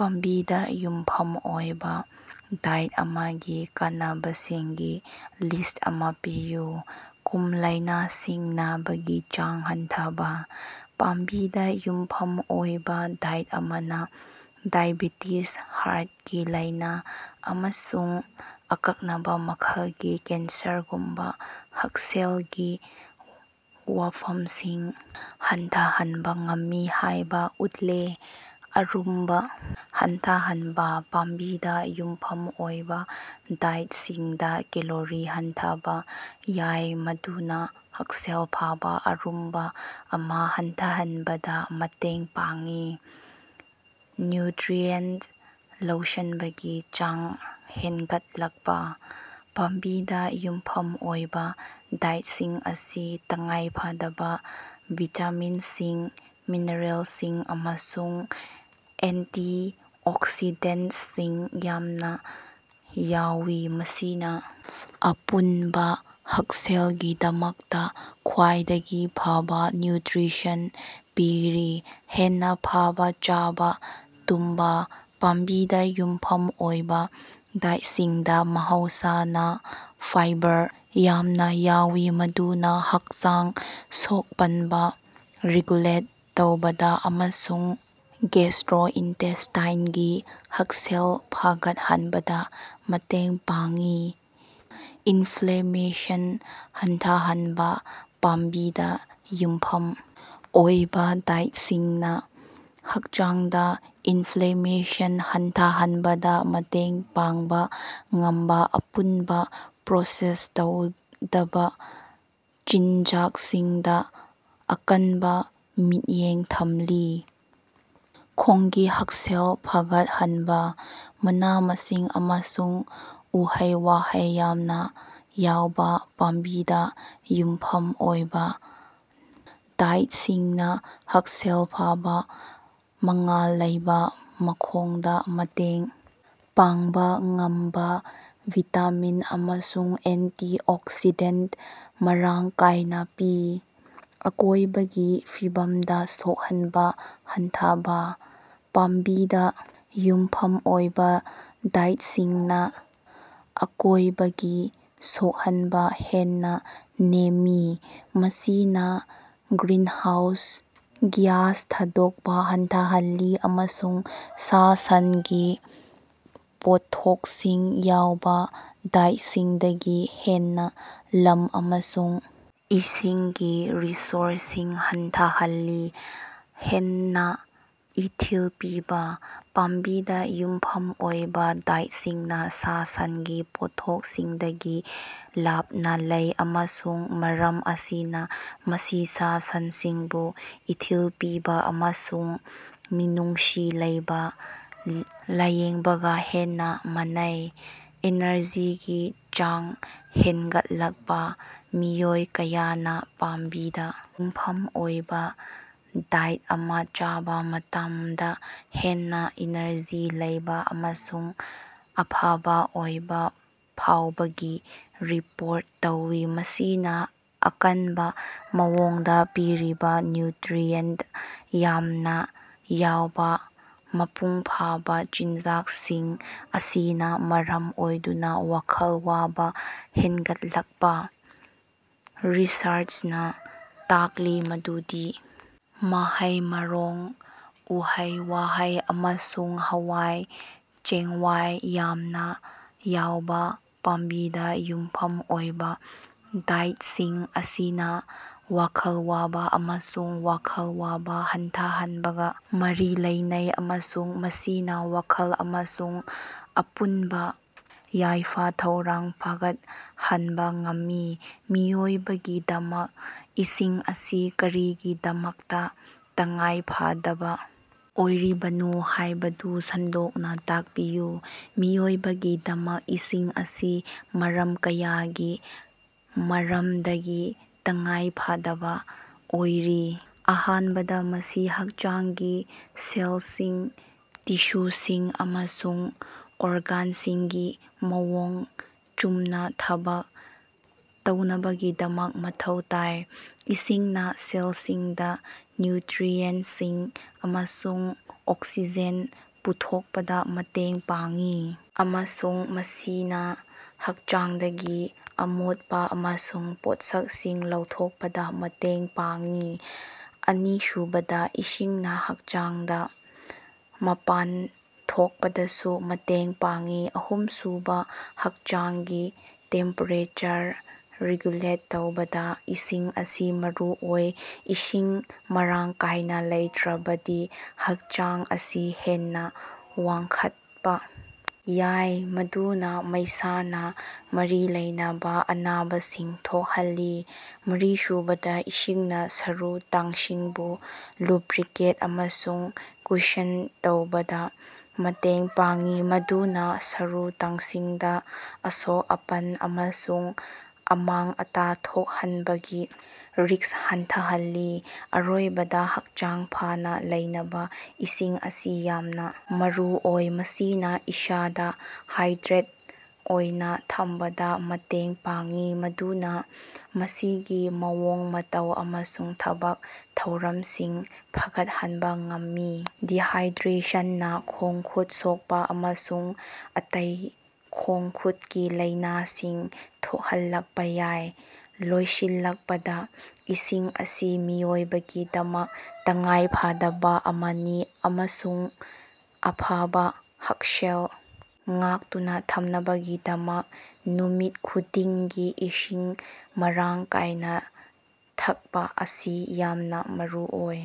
ꯄꯥꯝꯕꯤꯗ ꯌꯨꯝꯐꯝ ꯑꯣꯏꯕ ꯗꯥꯏꯠ ꯑꯃꯒꯤ ꯀꯥꯟꯅꯕꯁꯤꯡꯒꯤ ꯂꯤꯁ꯭ꯠ ꯑꯃ ꯄꯤꯌꯨ꯫ ꯀꯨꯝ ꯂꯢꯅꯥꯁꯤꯡ ꯅꯕꯒꯤ ꯆꯥꯡ ꯍꯟꯊꯕꯥ: ꯄꯥꯝꯕꯤꯗꯥ ꯌꯨꯝꯐꯝ ꯑꯣꯏꯕꯥ ꯗꯥꯏꯠ ꯑꯃꯅ ꯗꯥꯏꯑꯦꯕꯦꯇꯤꯖ, ꯍꯥꯔꯠꯀꯤ ꯂꯥꯢꯅ ꯑꯃꯁꯨꯡ ꯑꯀꯛꯅꯕ ꯃꯈꯜꯒꯤ ꯀꯦꯟꯁꯔꯒꯨꯝꯕ ꯍꯛꯁꯦꯜꯒꯤ ꯋꯥꯐꯝꯁꯤꯡ ꯍꯟꯊꯍꯟꯕ ꯉꯝꯃꯤ ꯍꯥꯢꯕ ꯎꯠꯂꯦ꯫ ꯑꯔꯨꯝꯕ ꯍꯟꯊꯍꯟꯕ: ꯄꯥꯝꯕꯤꯗ ꯌꯨꯝꯐꯝ ꯑꯣꯏꯕ ꯗꯥꯏꯠꯁꯤꯡꯗ ꯀꯦꯂꯣꯔꯤ ꯍꯟꯊꯕ ꯌꯥꯏ ꯃꯗꯨꯅ ꯍꯛꯁꯦꯜ ꯐꯕꯥ ꯑꯔꯨꯝꯕ ꯑꯃ ꯍꯟꯊꯍꯟꯕꯗ ꯃꯇꯦꯡ ꯄꯥꯡꯏ꯫ ꯅ꯭ꯌꯨꯇ꯭ꯔꯤꯑꯦꯟꯠ ꯂꯧꯁꯟꯕꯒꯤ ꯆꯥꯡ ꯍꯦꯟꯒꯠꯂꯛꯄ: ꯄꯥꯝꯕꯤꯗ ꯌꯨꯝꯐꯝ ꯑꯣꯏꯕ ꯗꯥꯏꯠꯁꯤꯡ ꯑꯁꯤ ꯇꯉꯥꯏꯐꯗꯕ ꯚꯤꯇꯥꯃꯤꯟꯁꯤꯡ, ꯃꯤꯅꯔꯦꯜꯁꯤꯡ ꯑꯃꯁꯨꯡ ꯑꯦꯟꯇꯤꯑꯣꯛꯁꯤꯗꯦꯟꯁꯤꯡ ꯌꯥꯝꯅ ꯌꯥꯎꯏ ꯃꯁꯤꯅꯥ ꯑꯄꯨꯟꯕ ꯍꯛꯁꯦꯜꯒꯤꯗꯃꯛꯇ ꯈ꯭ꯋꯥꯏꯗꯒꯤ ꯐꯕ ꯅ꯭ꯌꯨꯇ꯭ꯔꯤꯁꯟ ꯄꯤꯔꯤ꯫ ꯍꯦꯟꯅ ꯐꯕ ꯆꯥꯕ ꯇꯨꯝꯕ: ꯄꯥꯝꯕꯤꯗ ꯌꯨꯝꯐꯝ ꯑꯣꯏꯕ ꯗꯥꯏꯠꯁꯤꯡꯗꯥ ꯃꯍꯧꯁꯥꯅ ꯐꯥꯏꯕꯔ ꯌꯥꯝꯅ ꯌꯥꯎꯏ ꯃꯗꯨꯅ ꯍꯛꯆꯥꯡ ꯁꯣꯛ-ꯄꯟꯕ ꯔꯤꯒꯨꯂꯦꯠ ꯇꯧꯕꯗ ꯑꯃꯁꯨꯡ ꯒꯦꯁꯇꯔꯣꯏꯟꯇꯦꯁꯇꯥꯏꯅꯦꯒꯤ ꯍꯛꯁꯦꯜ ꯐꯒꯠꯍꯟꯕꯗ ꯃꯇꯦꯡ ꯄꯥꯡꯏ꯫ ꯏꯟꯐ꯭ꯂꯦꯃꯦꯁꯟ ꯍꯟꯊꯍꯟꯕ: ꯄꯥꯝꯕꯤꯗ ꯌꯨꯝꯐꯝ ꯑꯣꯏꯕꯥ ꯗꯥꯏꯠꯁꯤꯡꯅ ꯍꯛꯆꯥꯡꯗ ꯏꯟꯐ꯭ꯂꯦꯃꯦꯁꯟ ꯍꯟꯊꯍꯟꯕꯗ ꯃꯇꯦꯡ ꯄꯥꯡꯕ ꯉꯝꯕ ꯑꯄꯨꯟꯕ ꯄ꯭ꯔꯣꯁꯦꯁ ꯇꯧꯗꯕ ꯆꯤꯟꯖꯥꯛꯁꯤꯡꯗ ꯑꯀꯟꯕꯥ ꯃꯤꯠꯌꯦꯡ ꯊꯝꯂꯤ꯫ ꯈꯣꯡꯒꯤ ꯍꯛꯁꯦꯜ ꯐꯒꯠꯍꯟꯕꯥ: ꯃꯅꯥ-ꯃꯁꯤꯡ ꯑꯃꯁꯨꯡ ꯎꯍꯩ-ꯋꯥꯍꯩ ꯌꯥꯝꯅ ꯌꯥꯎꯕ ꯄꯥꯝꯕꯤꯗ ꯌꯨꯝꯐꯝ ꯑꯣꯏꯕ ꯗꯥꯏꯠꯁꯤꯡꯅ ꯍꯛꯁꯦꯜ ꯐꯕ ꯃꯉꯥꯜ ꯂꯩꯕ ꯃꯈꯣꯡꯗ ꯃꯇꯦꯡ ꯄꯥꯡꯕ ꯉꯝꯕ ꯚꯤꯇꯥꯃꯤꯟ ꯑꯃꯁꯨꯡ ꯑꯦꯟꯇꯤꯑꯣꯛꯁꯤꯗꯦꯟꯠ ꯃꯔꯥꯡ ꯀꯥꯢꯅ ꯄꯤ꯫ ꯑꯀꯣꯢꯕꯒꯤ ꯐꯤꯕꯝꯗ ꯁꯣꯛꯍꯟꯕꯥ ꯍꯟꯊꯕꯥ: ꯄꯥꯝꯕꯤꯗꯥ ꯌꯨꯝꯐꯝ ꯑꯣꯏꯕꯥ ꯗꯥꯏꯠꯁꯤꯡꯅ ꯑꯀꯣꯢꯕꯒꯤ ꯁꯣꯛꯍꯟꯕ ꯍꯦꯟꯅ ꯅꯦꯝꯃꯤ ꯃꯁꯤꯅꯥ ꯒ꯭ꯔꯤꯅꯍꯥꯎꯁ ꯒ꯭ꯌꯥꯁ ꯊꯥꯗꯣꯛꯄ ꯍꯟꯊꯍꯜꯂꯤ ꯑꯃꯁꯨꯡ ꯁꯥ-ꯁꯟꯒꯤ ꯄꯣꯠꯊꯣꯛꯁꯤꯡ ꯌꯥꯎꯕ ꯗꯥꯏꯠꯁꯤꯡꯗꯒꯤ ꯍꯦꯟꯅ ꯂꯝ ꯑꯃꯁꯨꯡ ꯏꯁꯤꯡꯒꯤ ꯔꯤꯁꯣꯔꯁꯁꯤꯡ ꯍꯟꯊꯍꯜꯂꯤ꯫ ꯍꯦꯟꯅꯥ ꯏꯊꯤꯜ ꯄꯤꯕꯥ: ꯄꯥꯝꯕꯤꯗ ꯌꯨꯝꯐꯝ ꯑꯣꯏꯕ ꯗꯥꯏꯠꯁꯤꯡꯅ ꯁꯥ-ꯁꯟꯒꯤ ꯄꯣꯠꯊꯣꯛꯁꯤꯡꯗꯒꯤ ꯂꯥꯞꯅꯥ ꯂꯩ ꯑꯃꯁꯨꯡ ꯃꯔꯝ ꯑꯁꯤꯅ ꯃꯁꯤ ꯁꯥ-ꯁꯟꯁꯤꯡꯕꯨ ꯏꯊꯤꯜ ꯄꯤꯕꯥ ꯑꯃꯁꯨꯡ ꯃꯤꯅꯨꯡꯁꯤ ꯂꯩꯕꯥ ꯂꯥꯌꯦꯡꯕꯒ ꯍꯦꯟꯅ ꯃꯥꯟꯅꯩ꯫ ꯑꯦꯅꯔꯖꯤꯒꯤ ꯆꯥꯡ ꯍꯦꯟꯒꯠꯂꯛꯄꯥ: ꯃꯤꯑꯣꯏ ꯀꯌꯥꯅꯥ ꯄꯥꯝꯕꯤꯗꯥ ꯌꯨꯝꯐꯝ ꯑꯣꯏꯕꯥ ꯗꯥꯏꯠ ꯑꯃ ꯆꯥꯕ ꯃꯇꯝꯗ ꯍꯦꯟꯅ ꯏꯅꯔꯖꯤ ꯂꯩꯕ ꯑꯃꯁꯨꯡ ꯑꯐꯕ ꯑꯣꯏꯕ ꯐꯥꯎꯕꯒꯤ ꯔꯤꯄꯣꯔꯠ ꯇꯧꯏ ꯃꯁꯤꯅꯥ ꯑꯀꯟꯕ ꯃꯑꯣꯡꯗ ꯄꯤꯔꯤꯕꯥ ꯅ꯭ꯌꯨꯇ꯭ꯔꯤꯑꯦꯟꯠ ꯌꯥꯝꯅ ꯌꯥꯎꯕ ꯃꯄꯨꯡꯐꯥꯕꯥ ꯆꯤꯟꯖꯥꯛꯁꯤꯡ ꯑꯁꯤꯅ ꯃꯔꯝ ꯑꯣꯏꯗꯨꯅ ꯋꯥꯈꯜ ꯋꯥꯕꯥ ꯍꯦꯟꯒꯠꯂꯛꯄꯥ: ꯔꯤꯁꯔꯆꯅ ꯇꯥꯛꯂꯤ ꯃꯗꯨꯗꯤ ꯃꯍꯩ-ꯃꯔꯣꯡ, ꯎꯍꯩ-ꯋꯥꯍꯩ ꯑꯃꯁꯨꯡ ꯍꯋꯥꯏ ꯆꯦꯡꯋꯥꯏ ꯌꯥꯝꯅ ꯌꯥꯎꯕ ꯄꯥꯝꯕꯤꯗ ꯌꯨꯝꯐꯝ ꯑꯣꯏꯕ ꯗꯥꯏꯠꯁꯤꯡ ꯑꯁꯤꯅ ꯋꯥꯈꯜ ꯋꯥꯕ ꯑꯃꯁꯨꯡ ꯋꯥꯈꯜ ꯋꯥꯕ ꯍꯟꯊꯍꯟꯕꯒ ꯃꯔꯤ ꯂꯩꯅꯩ ꯑꯃꯁꯨꯡ ꯃꯁꯤꯅ ꯋꯥꯈꯜ ꯑꯃꯁꯨꯡ ꯑꯄꯨꯟꯕ ꯌꯥꯏꯐ-ꯊꯧꯔꯥꯡ ꯐꯒꯠꯍꯟꯕ ꯉꯝꯃꯤ꯫ ꯃꯤꯑꯣꯏꯕꯒꯤꯗꯃꯛ ꯏꯁꯤꯡ ꯑꯁꯤ ꯀꯔꯤꯒꯤꯗꯃꯛꯇꯥ ꯇꯉꯥꯏꯐꯗꯕꯥ ꯑꯣꯏꯔꯤꯕꯅꯣ ꯍꯥꯢꯕꯗꯨ ꯁꯟꯗꯣꯛꯅ ꯇꯥꯛꯄꯤꯌꯨ꯫ ꯃꯤꯑꯣꯏꯕꯒꯤꯗꯃꯛ ꯏꯁꯤꯡ ꯑꯁꯤ ꯃꯔꯝ ꯀꯌꯥꯒꯤ ꯃꯔꯝꯗꯒꯤ ꯇꯉꯥꯏꯐꯗꯕ ꯑꯣꯏꯔꯤ꯫ ꯑꯍꯥꯟꯕꯗ ꯃꯁꯤ ꯍꯛꯆꯥꯡꯒꯤ ꯁꯦꯜꯁꯤꯡ, ꯇꯤꯁꯨꯁꯤꯡ ꯑꯃꯁꯨꯡ ꯑꯣꯔꯒꯥꯟꯁꯤꯡꯒꯤ ꯃꯑꯣꯡ ꯆꯨꯝꯅ ꯊꯕꯛ ꯇꯧꯅꯕꯒꯤꯗꯃꯛ ꯃꯊꯧ ꯇꯥꯏ꯫ ꯏꯁꯤꯡꯅ ꯁꯦꯜꯁꯤꯡꯗ ꯅ꯭ꯌꯨꯇ꯭ꯔꯤꯑꯦꯟꯠꯁꯤꯡ ꯑꯃꯁꯨꯡ ꯑꯣꯛꯁꯤꯖꯦꯟ ꯄꯨꯊꯣꯛꯄꯗ ꯃꯇꯦꯡ ꯄꯥꯡꯏ ꯑꯃꯁꯨꯡ ꯃꯁꯤꯅ ꯍꯛꯆꯥꯡꯗꯒꯤ ꯑꯃꯣꯠꯄ ꯑꯃꯁꯨꯡ ꯄꯣꯠꯁꯛꯁꯤꯡ ꯂꯧꯊꯣꯛꯄꯗ ꯃꯇꯦꯡ ꯄꯥꯡꯏ꯫ ꯑꯅꯤꯁꯨꯕꯗ ꯏꯁꯤꯡꯅ ꯍꯛꯆꯥꯡꯗ ꯃꯄꯥꯟ ꯊꯣꯛꯄꯗꯁꯨ ꯃꯇꯦꯡ ꯄꯥꯡꯢ ꯫ ꯑꯍꯨꯝꯁꯨꯕ ꯍꯛꯆꯥꯡꯒꯤ ꯇꯦꯝꯄꯦꯔꯦꯆꯔ ꯔꯤꯒꯨꯂꯦꯠ ꯇꯧꯕꯗ ꯏꯁꯤꯡ ꯑꯁꯤ ꯃꯔꯨꯑꯣꯏ꯫ ꯏꯁꯤꯡ ꯃꯔꯥꯡ ꯀꯥꯢꯅ ꯂꯩꯇ꯭ꯔꯕꯗꯤ ꯍꯛꯆꯥꯡ ꯑꯁꯤ ꯍꯦꯟꯅ ꯋꯥꯡꯈꯠꯄ ꯌꯥꯏ ꯃꯗꯨꯅ ꯃꯩꯁꯥꯅ ꯃꯔꯤ ꯂꯩꯅꯕ ꯑꯅꯥꯕꯁꯤꯡ ꯊꯣꯛꯍꯜꯂꯤ꯫ ꯃꯔꯤꯁꯨꯕꯗ ꯏꯁꯤꯡꯅ ꯁꯔꯨ ꯇꯥꯡꯁꯤꯡꯕꯨ ꯂꯨꯕ꯭ꯔꯤꯀꯦꯠ ꯑꯃꯁꯨꯡ ꯀꯨꯁꯟ ꯇꯧꯕꯗ ꯃꯇꯦꯡ ꯄꯥꯡꯏ ꯃꯗꯨꯅ ꯁꯔꯨ ꯇꯥꯡꯁꯤꯡꯗꯥ ꯑꯁꯣꯛ-ꯑꯄꯟ ꯑꯃꯁꯨꯡ ꯑꯃꯥꯡ-ꯑꯇꯥ ꯊꯣꯛꯍꯟꯕꯒꯤ ꯔꯤꯁ꯭ꯛ ꯍꯟꯊꯍꯜꯂꯤ꯫ ꯑꯔꯣꯏꯕꯗ ꯍꯛꯆꯥꯡ ꯐꯅꯥ ꯂꯩꯅꯕꯥ ꯏꯁꯤꯡ ꯑꯁꯤ ꯌꯥꯝꯅ ꯃꯔꯨꯑꯣꯏ꯫ ꯃꯁꯤꯅ ꯏꯁꯥꯗ ꯍꯥꯏꯗ꯭ꯔꯦꯠ ꯑꯣꯏꯅ ꯊꯝꯕꯗ ꯃꯇꯦꯡ ꯄꯥꯡꯏ ꯃꯗꯨꯅ ꯃꯁꯤꯒꯤ ꯃꯑꯣꯡ-ꯃꯇꯧ ꯑꯃꯁꯨꯡ ꯊꯕꯛ-ꯊꯧꯔꯝꯁꯤꯡ ꯐꯒꯠꯍꯟꯕꯥ ꯉꯝꯃꯤ꯫ ꯗꯤꯍꯥꯢꯗ꯭ꯔꯦꯁꯟꯅ ꯈꯣꯡ-ꯈꯨꯠ ꯁꯣꯛꯄꯥ ꯑꯃꯁꯨꯡ ꯑꯇꯩ ꯈꯣꯡ-ꯈꯨꯠꯀꯤ ꯂꯩꯅꯁꯤꯡ ꯊꯣꯛꯍꯜꯂꯛꯄꯥ ꯌꯥꯏ꯫ ꯂꯣꯏꯁꯤꯜꯂꯛꯄꯗ ꯏꯁꯤꯡ ꯑꯁꯤ ꯃꯤꯑꯣꯏꯕꯒꯤꯗꯃꯛ ꯇꯉꯥꯏꯐꯗꯕ ꯑꯃꯅꯤ ꯑꯃꯁꯨꯡ ꯑꯐꯕꯥ ꯍꯛꯁꯦꯜ ꯉꯥꯛꯇꯨꯅ ꯊꯝꯅꯕꯒꯤꯗꯃꯛ ꯅꯨꯃꯤꯠ ꯈꯨꯗꯤꯡꯒꯤ ꯏꯁꯤꯡ ꯃꯔꯥꯡ ꯀꯥꯢꯅꯥ ꯊꯛꯄ ꯑꯁꯤ ꯌꯥꯝꯅꯥ ꯃꯔꯨꯑꯣꯏ꯫